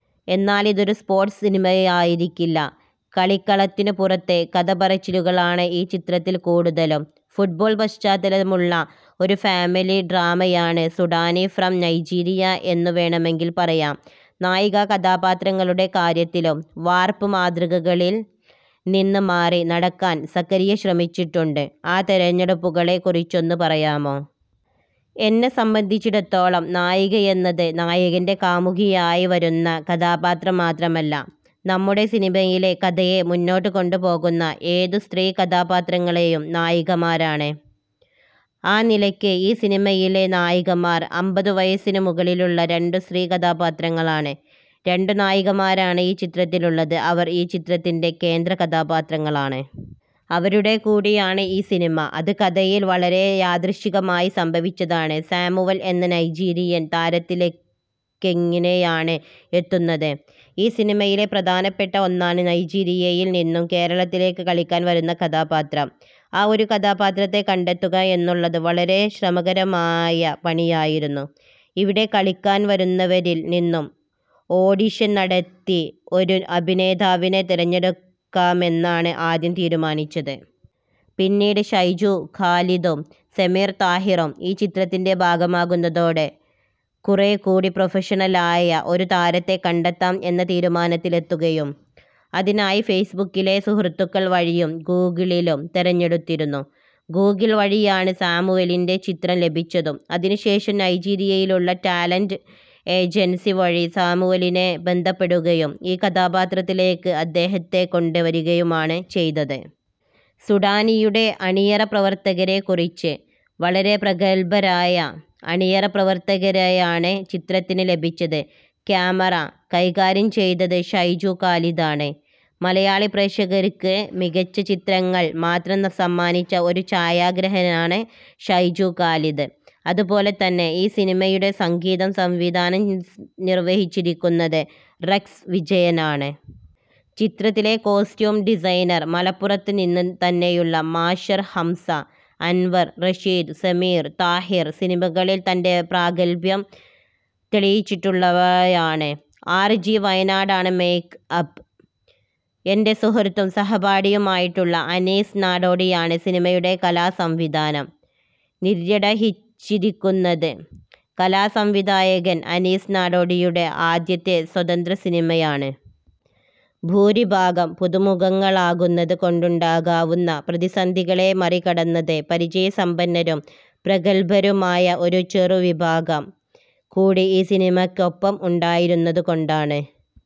എന്നാലിതൊരു sports സിനിമയായിരിക്കില്ല. കളിക്കളത്തിനു പുറത്തെ കഥപറച്ചിലുകളാണ് ഈ ചിത്രത്തിൽ കൂടുതലും. ഫുട്ബാൾ പശ്ചാത്തലമുള്ള ഒരു ഫാമിലി ഡ്രാമയാണു സുഡാനി ഫ്രം നൈജീരിയ എന്നു വേണമെങ്കിൽ പറയാം. നായികാ കഥാപാത്രങ്ങളുടെ കാര്യത്തിലും വാർപ്പ്മാതൃകളിൽ നിന്ന് മാറി നടക്കാൻ സക്കരിയ ശ്രമിച്ചിട്ടുണ്ട്. ആ തെരഞ്ഞെടുപ്പുകളെ കുറിച്ചൊന്നു പറയാമോ? എന്നെ സംബന്ധിച്ചിടത്തോളം നായികയെന്നത് നായകന്റെ കാമുകിയായി വരുന്ന കഥാപാത്രം മാത്രമല്ല. നമ്മുടെ സിനിമയിലെ കഥയെ മുന്നോട്ടു കൊണ്ടുപോകുന്ന ഏതു സ്ത്രീ കഥാപാത്രങ്ങളെയും നായികമാരാണ്. ആ നിലക്ക് ഈ സിനിമയിലെ നായികമാർ അമ്പതു വയസ്സിനു മുകളിലുള്ള രണ്ടു സ്ത്രീ കഥാപാത്രങ്ങളാണ്. രണ്ടു നായികമാരാണ് ഈ ചിത്രത്തിലുള്ളത്. അവർ ഈ ചിത്രത്തിന്റെ കേന്ദ്ര കഥാപാത്രങ്ങളാണ്. അവരുടെ കൂടിയാണ് ഈ സിനിമ. അത് കഥയിൽ വളരെ യാദൃശ്ചികമായി സംഭവിച്ചതാണ്. സാമുവൽ എന്ന നൈജീരിയൻ താരത്തിലേക്കെങ്ങിനെയാണ് എത്തുന്നത്? ഈ സിനിമയിലെ പ്രധാനപ്പെട്ട ഒന്നാണ് നൈജീരിയയിൽ നിന്നും കേരളത്തിലേക്ക് കളിക്കാൻ വരുന്ന കഥാപാത്രം. ആ ഒരു കഥാപാത്രത്തെ കണ്ടെത്തുക എന്നുള്ളത് വളരെ ശ്രമകരമായ പണിയായിരുന്നു. ഇവിടെ കളിക്കാൻ വരുന്നവരിൽ നിന്നും ഓഡിഷൻ നടത്തി ഒരു അഭിനേതാവിനെ തെരഞ്ഞെടുക്കാമെന്നാണ് ആദ്യം തീരുമാനിച്ചത്. പിന്നീട് ഷൈജു ഖാലിദും സമീർ താഹിറും ഈ ചിത്രത്തിന്റെ ഭാഗമാകുന്നതോടെ കുറേ കൂടി പ്രോഫഷണലായ ഒരു താരത്തെ കണ്ടെത്താം എന്ന തീരുമാനത്തിലെത്തുകയും. അതിനായി ഫേസ്ബുക്കിലെ സുഹൃത്തുക്കൾ വഴിയും ഗൂഗിളിലും തെരഞ്ഞെടുത്തിരുന്നു. ഗൂഗിൾ വഴിയാണ് സാമുവലിന്റെ ചിത്രം ലഭിച്ചതും. അതിനു ശേഷം നൈജീരിയയിലുള്ള ടാലന്റ് ഏജൻസ് വഴി സാമുവലിനെ ബന്ധപ്പെടുകയും ഈ കഥാപാത്രത്തിലേക്ക് അദ്ദേഹത്തെ കൊണ്ട് വരികയുമാണ് ചെയ്തത്. സുഡാനിയുടെ അണിയറപ്രവർത്തകരെ കുറിച്ച്? വളരെ പ്രഗല്ഭരായ അണിയറപ്രവർത്തകരെയാണ് ചിത്രത്തിന് ലഭിച്ചത്. കാമറ കൈകാര്യം ചെയ്തത് ഷൈജു ഖാലിദ് ആണ്. മലയാളി പ്രേക്ഷകര്ക്ക് മികച്ച ചിത്രങ്ങൾ മാത്രം സമ്മാനിച്ച ഒരു ഛയാഗ്രാഹകനാണ് ഷൈജു ഖാലിദ്. അത് പോലെ തന്നെ ഈ സിനിമയുടെ സംഗീതം സംവിധാനം നിർവഹിച്ചിരിക്കുന്നത് റെക്സ് വിജയനാണ്. ചിത്രത്തിലെ കോസ്റ്റ്യൂം ഡിസൈനർ മലപ്പുറത്ത് നിന്ന് തന്നെയുള്ള മാഷർ ഹംസ, അൻവർ റഷീദ്, സമീർ താഹിർ സിനിമകളിൽ തന്റെ പ്രാഗത്ഭ്യം തെളിയിച്ചിട്ടുള്ളയാവയാണ്. ആർ ജി വയനാടാണ് മേക് അപ്പ്. എന്റെ സുഹൃത്തും സഹപാഠിയുമായിട്ടുള്ള അനീസ് നാടോടിയാണ് സിനിമയുടെ കലാ സംവിധാനം നിര്വടഹിച്ചിരിക്കുന്നത്. കലാ സംവിധായകൻ അനീസ് നാടോടിയുടെ ആദ്യത്തെ സ്വതന്ത്ര സിനിമയാണ്. ഭൂരിഭാഗം പുതുമുഖങ്ങളാകുന്നത് കൊണ്ടുണ്ടാകാവുന്ന പ്രതിസന്ധികളെ മറികടന്നത് പരിചയസമ്പന്നരും പ്രഗൽഭരുമായ ഒരു ചെറു വിഭാഗം കൂടി ഈ സിനിമക്കൊപ്പം ഉണ്ടായിരുന്നത് കൊണ്ടാണ്.